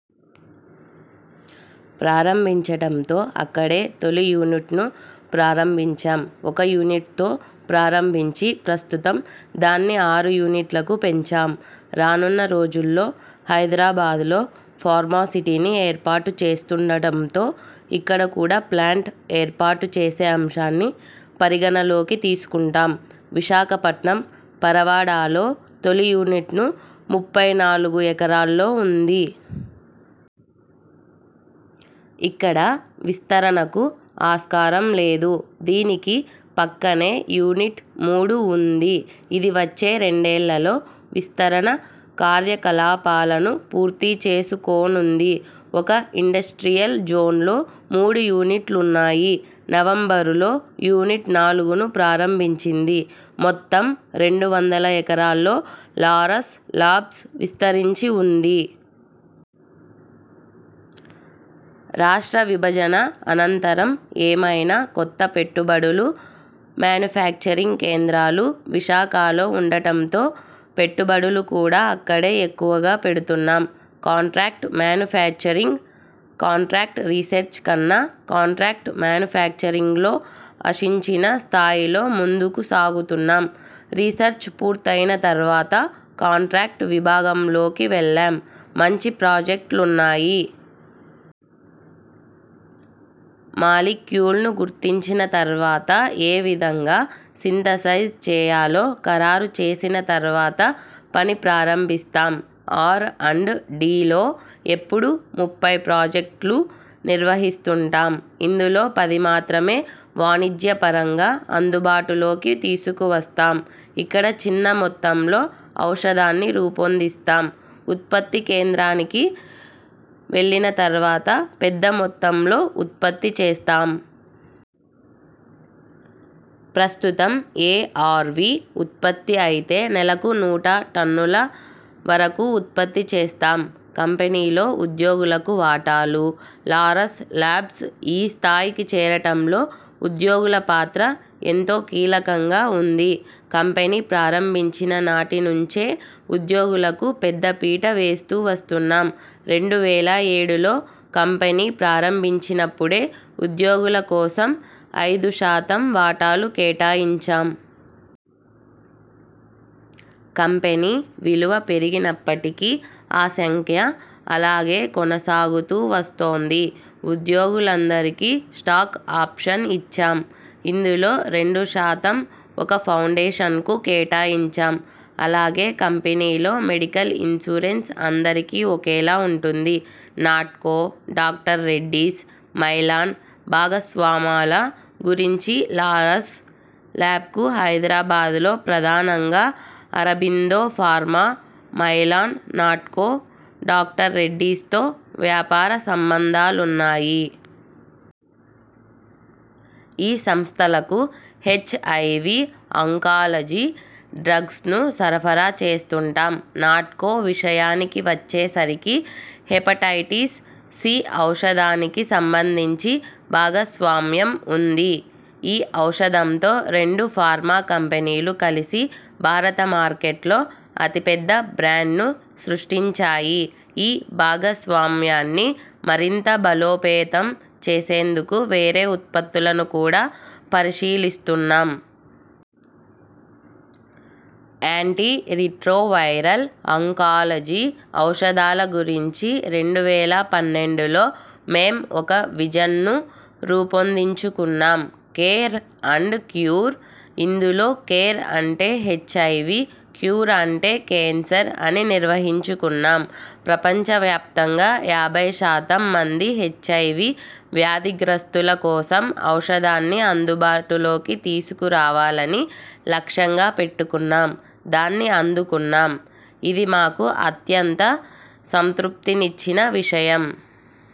ప్రారంభించటంతో అక్కడే తొలి యూనిట్ను ప్రారంభించాం. ఒక యూనిట్తో ప్రారంభించి ప్రస్తుతం దాన్ని ఆరు యూనిట్లకు పెంచాం. రానున్న రోజుల్లో హైదరాబాద్లో ఫార్మా సిటీని ఏర్పాటు చేస్తుండటంతో ఇక్కడ కూడా ప్లాంట్ ఏర్పాటు చేసే అంశాన్ని పరిగణనలోకి తీసుకుంటాం. విశాఖపట్నం పరవాడలో తొలి యూనిట్ను ముప్పై నాలుగు ఎకరాల్లో ఉంది. ఇక్కడ విస్తరణకు ఆస్కారం లేదు. దీనికి పక్కనే యూనిట్ మూడు ఉంది. ఇది వచ్చే రెండేళ్లలో విస్తరణ కార్యకలాపాలను పూర్తి చేసుకోనుంది. ఒక్కో ఇండస్ట్రియల్ జోన్లో మూడు యూనిట్లున్నాయి. నవంబరులో యూనిట్ నాలుగును ప్రారంభించింది. మొత్తం రెండు వందల ఎకరాల్లో లారస్ లాబ్స్ విస్తరించి ఉంది. రాష్ట్ర విభజన అనంతరం ఏమైనా కొత్త పెట్టుబడులు? మాన్యుఫ్యాక్చరింగ్ కేంద్రాలు విశాఖలో ఉండటంతో పెట్టుబడులు కూడా అక్కడే ఎక్కువగా పెడుతున్నాం. Contract manufacturing? కాంట్రాక్ట్ రీసెర్చ్ కన్నా కాంట్రాక్ట్ మాన్యుఫ్యాక్చరింగ్లో ఆశించిన స్థాయిలో ముందుకు సాగుతున్నాం. రీసెర్చ్ పూర్తయిన తర్వాత కాంట్రాక్టు విభాగంలోకి వెళ్లాం. మంచి ప్రాజెక్టులున్నాయి. మాలిక్యూల్ను గుర్తించిన తర్వాత ఏ విధంగా సింథసైజ్ చేయాలో ఖరారు చేసిన తర్వాత పని ప్రారంభిస్తాం. ఆర్ అండ్ డి లో ఎప్పుడు ముప్పై ప్రాజెక్టులు నిర్వహిస్తుంటాం. ఇందులో పది మాత్రమే వాణిజ్యపరంగా అందుబాటులోకి తీసుకువస్తాం. ఇక్కడ చిన్న మొత్తంలో ఔషధాన్ని రూపొందిస్తాం. ఉత్పత్తి కేంద్రానికి వెళ్లిన తర్వాత పెద్ద మొత్తంలో ఉత్పత్తి చేస్తాం. ప్రస్తుతం ఎఆర్వి ఉత్పత్తి అయితే నెలకు నూట టన్నుల వరకు ఉత్పత్తి చేస్తాం. కంపెనీలో ఉద్యోగులకు వాటాలు? లారస్ లాబ్స్ ఈ స్థాయికి చేరటంలో ఉద్యోగుల పాత్ర ఎంతో కీలకంగా ఉంది. కంపెనీ ప్రారంభించిన నాటి నుంచే ఉద్యోగులకు పెద్ద పీట వేస్తూ వస్తున్నాం. రెండు వేల ఏడులో కంపెనీ ప్రారంభించినప్పుడే ఉద్యోగుల కోసం ఐదు శాతం వాటాలు కేటాయించాం. కంపెనీ విలువ పెరిగినప్పటికీ ఆ సంఖ్య అలానే కొనసాగుతూ వస్తోంది. ఉద్యోగులందరికీ స్టాక్ ఆప్షన్స్ ఇచ్చాం. ఇందులో రెండు శాతం ఒక ఫౌండేషన్కు కేటాయించాం. అలాగే కంపెనీలో మెడికల్ ఇన్సూరెన్స్ అందరికీ ఒకేలా ఉంటుంది. నాట్కో, డాక్టర్ రెడ్డీస్, మైలాన్ భాగస్వామల గురించి.. లారస్ లాబ్స్కు హైదరాబాద్లో ప్రధానంగా Aurobindo pharma, Mylan, Natco, doctor Reddy's తో వ్యాపార సంంబంధాలున్నాయి. ఈ సంస్థలకు హెచ్ఐవి, అంకాలజీ డ్రగ్స్ను సరఫరా చేస్తుంటాం. నాట్కో విషయానికి వచ్చేసరికి హెపటైటిస్ సి ఔషధానికి సంబంధించి భాగస్వామ్యం ఉంది. ఈ ఔషధంతో రెండు ఫార్మా కంపెనీలు కలిసి భారత మార్కెట్లో అతిపెద్ద బ్రాండ్ను సృష్టించాయి. ఈ భాగస్వామ్యాన్ని మరింత బలోపేతం చేసేందుకు వేరే ఉత్పత్తులను కూడా పరిశీలిస్తున్నాం. యాంటీ రిట్రోవైరల్, అంకాలజీ ఔషధాల గురించి రెండు వేల పన్నెండులో మేం ఒక విజన్ను రూపొందించుకున్నాం. Care, and cure. ఇందులో కేర్ అంటే హెచ్ఐవి, క్యూర్ అంటే కేన్సర్ అని నిర్వచించుకున్నాం. ప్రపంచవ్యాప్తంగా యాభై శాతం మంది హెచ్ఐవి వ్యాధిగ్రస్తుల కోసం ఔషధాన్ని అందుబాటులోకి తీసుకురావాలని లక్ష్యంగా పెట్టుకున్నాం. దాన్ని అందుకున్నాం. ఇది మాకు అత్యంత సంతృప్తినిచ్చిన విషయం.